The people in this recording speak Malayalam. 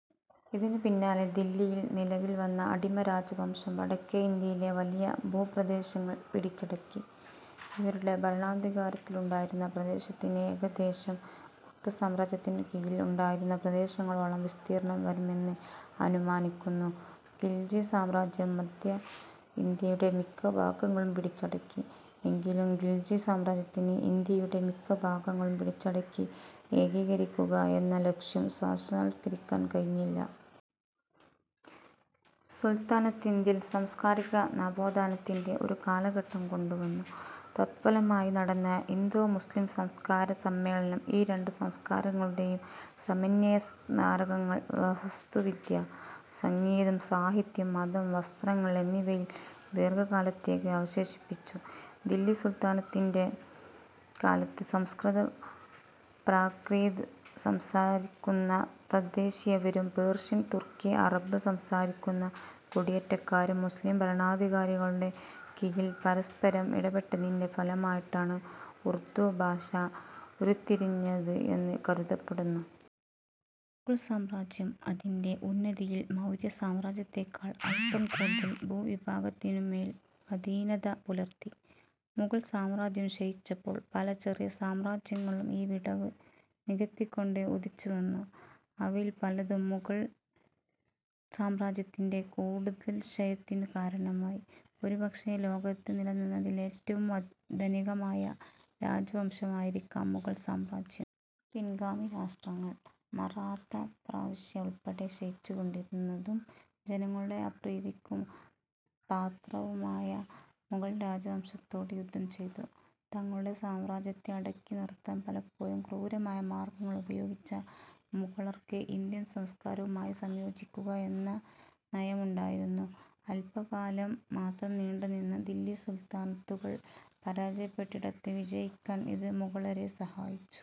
ഇതിനു പിന്നാലെ ദില്ലിയിൽ നിലവിൽ വന്ന അടിമ രാജവംശം വടക്കേ ഇന്ത്യയിലെ വലിയ ഭൂപ്രദേശങ്ങൾ പിടിച്ചടക്കി. ഇവരുടെ ഭരണാധികാരത്തിലുണ്ടായിരുന്ന പ്രദേശത്തിന് ഏകദേശം ഗുപ്തസാമ്രാജ്യത്തിനു കീഴിൽ ഉണ്ടായിരുന്ന പ്രദേശങ്ങളോളം വിസ്തീർണ്ണം വരുമെന്ന് അനുമാനിക്കുന്നു. ഖിൽജി സാമ്രാജ്യവും മദ്ധ്യ ഇന്ത്യയുടെ മിക്ക ഭാഗങ്ങളും പിടിച്ചടക്കി. എങ്കിലും ഖിൽജി സാമ്രാജ്യത്തിന് ഇന്ത്യയുടെ മിക്ക ഭാഗങ്ങളും പിടിച്ചടക്കി ഏകീകരിക്കുക എന്ന ലക്ഷ്യം സാക്ഷാത്കരിക്കാൻ കഴിഞ്ഞില്ല. സുൽത്താനത്ത് ഇന്ത്യയിൽ സാംസ്കാരിക നവോത്ഥാനത്തിന്റെ ഒരു കാലഘട്ടം കൊണ്ടുവന്നു. തത്ഫലമായി നടന്ന "ഇന്തോ-മുസ്ലീം" സംസ്കാര സമ്മേളനം ഈ രണ്ടു സംസ്കാരങ്ങളുടെയും സമന്വയ സ്മാരകങ്ങൾ വാസ്തുവിദ്യ, സംഗീതം, സാഹിത്യം, മതം, വസ്ത്രങ്ങൾ എന്നിവയിൽ ദീർഘകാലത്തേയ്ക്ക് അവശേഷിപ്പിച്ചു. ദില്ലി സുൽത്താനത്തിന്റെ കാലത്ത് സംസ്കൃത പ്രാക്രിത് സംസാരിക്കുന്ന തദ്ദേശീയരും പേർഷ്യൻ, തുർക്കി, അറബ് സംസാരിക്കുന്ന കുടിയേറ്റക്കാരും മുസ്ലീം ഭരണാധികാരികളുടെ കീഴിൽ പരസ്പരം ഇടപെട്ടതിന്റെ ഫലമായിട്ടാണ് ഉർദ്ദു ഭാഷ ഉരുത്തിരിഞ്ഞത് എന്ന് കരുതപ്പെടുന്നു.. മുഗൾ സാമ്രാജ്യം അതിന്റെ ഉന്നതിയിൽ മൗര്യ സാമ്രാജ്യത്തെക്കാൾ അല്പം കൂടുതൽ ഭൂവിഭാഗത്തിനുമേൽ അധീനത പുലർത്തി. മുഗൾ സാമ്രാജ്യം ക്ഷയിച്ചപ്പോൾ പല ചെറിയ സാമ്രാജ്യങ്ങളും ഈ വിടവ് നികത്തിക്കൊണ്ട് ഉദിച്ചുവന്നു. അവയിൽ പലതും മുഗൾ സാമ്രാജ്യത്തിന്റെ കൂടുതൽ ക്ഷയത്തിനു കാരണമായി. ഒരുപക്ഷേ ലോകത്ത് നിലനിന്നതിൽ ഏറ്റവും ധനികമായ രാജവംശമായിരിക്കാം മുഗൾ സാമ്രാജ്യം. ഈ പിൻഗാമി രാഷ്ട്രങ്ങൾ, മറാത്ത പ്രവിശ്യ ഉൾപ്പെടെ ക്ഷയിച്ചുകൊണ്ടിരുന്നതും ജനങ്ങളുടെ അപ്രീതിയ്ക്കു പാത്രവുമായ മുഗൾ രാജവംശത്തോട് യുദ്ധം ചെയ്തു. തങ്ങളുടെ സാമ്രാജ്യത്തെ അടക്കിനിറുത്താൻ പലപ്പൊഴും ക്രൂരമായ മാർഗ്ഗങ്ങൾ ഉപയോഗിച്ച മുഗളർക്ക് ഇന്ത്യൻ സംസ്കാരവുമായി സംയോജിക്കുക എന്ന നയമുണ്ടായിരുന്നു. അല്പകാലം മാത്രം നീണ്ടുനിന്ന ദില്ലി സുൽത്താനത്തുകൾ പരാജയപ്പെട്ടിടത്ത് വിജയിക്കാൻ ഇത് മുഗളരെ സഹായിച്ചു.